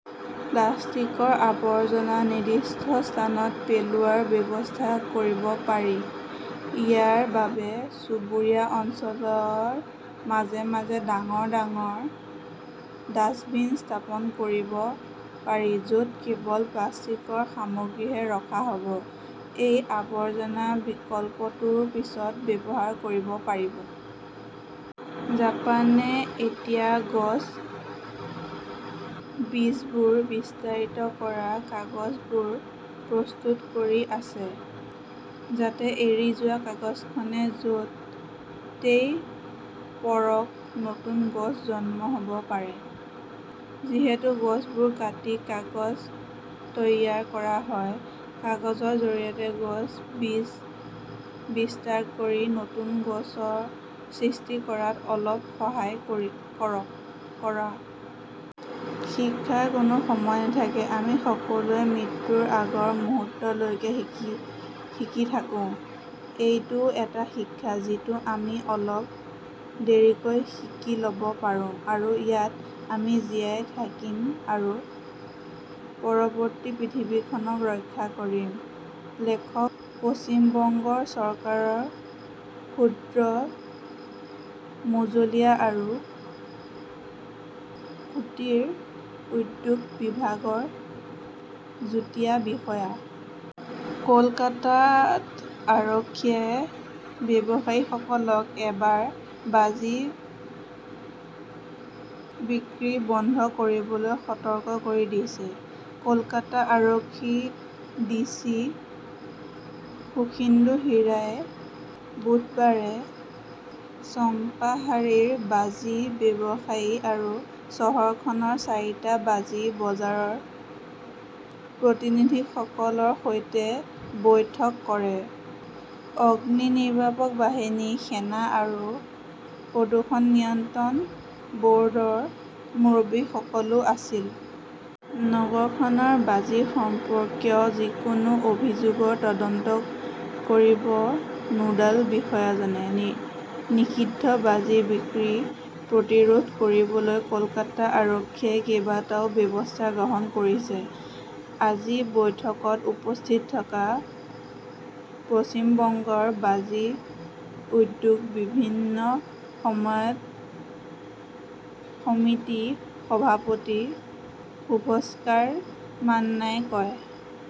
প্লাষ্টিকৰ আৱৰ্জনা নিৰ্দিষ্ট স্থানত পেলোৱাৰ ব্যৱস্থা কৰিব পাৰি। ইয়াৰ বাবে চুবুৰীয়া অঞ্চলৰ মাজে-মাজে ডাঙৰ - ডাঙৰ ডাস্টবিন স্থাপন কৰিব পাৰি য'ত কেৱল প্লাষ্টিকৰ সামগ্ৰীহে ৰখা হ'ব। এই আৱৰ্জনা বিকল্পটো পিছত ব্যৱহাৰ কৰিব পাৰি। জাপানে এতিয়া গছৰ বীজবোৰ বিস্তাৰিত কৰা কাগজবোৰ প্ৰস্তুত কৰি আছে। যাতে এৰি যোৱা কাগজখনে য 'তেই পঢ়ক নতুন গছ জন্ম দিব পাৰে। যিহেতু গছবোৰ কাটি কাগজ তৈয়াৰ কৰা হয়, কাগজৰ জৰিয়তে গছৰ বীজ বিস্তাৰ কৰি নতুন গছ সৃষ্টি কৰাত অলপ সহায় কৰা। শিক্ষাৰ কোনো সময় নাথাকে, আমি সকলোৱে মৃত্যুৰ আগৰ মুহূৰ্তলৈকে শিকি থাকো। এইটোও এটা শিক্ষা যিটো আমি অলপ দেৰিকৈ শিকি ল'ব পাৰো আৰু ইয়াত আমি জীয়াই থাকিম আৰু পৰৱৰ্তী পৃথিৱীখনক ৰক্ষা কৰিম। লেখক পশ্চিম বংগ চৰকাৰৰ ক্ষুদ্ৰ, মজলীয়া আৰু কুটীৰ উদ্যোগ বিভাগৰ যুটীয়া বিষয়া। কলকাতা আৰক্ষীয়ে ব্যৱসায়ীসকলক এইবাৰ বাজি বিক্ৰী বন্ধ কৰিবলৈ সতৰ্ক কৰি দিছে। কলকাতা আৰক্ষীৰ ডিচি সুখীন্দু হিৰাই বুধবাৰে চম্পাহাটিৰ বাজি ব্যৱসায়ী আৰু চহৰখনৰ চাৰিটা বাজি বজাৰৰ প্ৰতিনিধিসকলৰ সৈতে বৈঠক কৰে। অগ্নিনিৰ্বাপক বাহিনী, সেনা আৰু প্ৰদূষণ নিয়ন্ত্ৰণ বৰ্ডৰ মুৰব্বীসকলও আছিল। নগৰখনত বাজি সম্পৰ্কীয় যিকোনো অভিযোগৰ তদন্ত কৰিব নোডাল বিষয়াজনে। নিষিদ্ধ বাজি বিক্ৰী প্ৰতিৰোধ কৰিবলৈ কলকাতা আৰক্ষীয়ে কেইবাটাও ব্যৱস্থা গ্ৰহণ কৰিছে, আজি বৈঠকত উপস্থিত থকা পশ্চিম বংগ বাজি উদ্যোগ উন্নয়ন সমিতিৰ সভাপতি শুভঙ্কাৰ মাননাই কয়।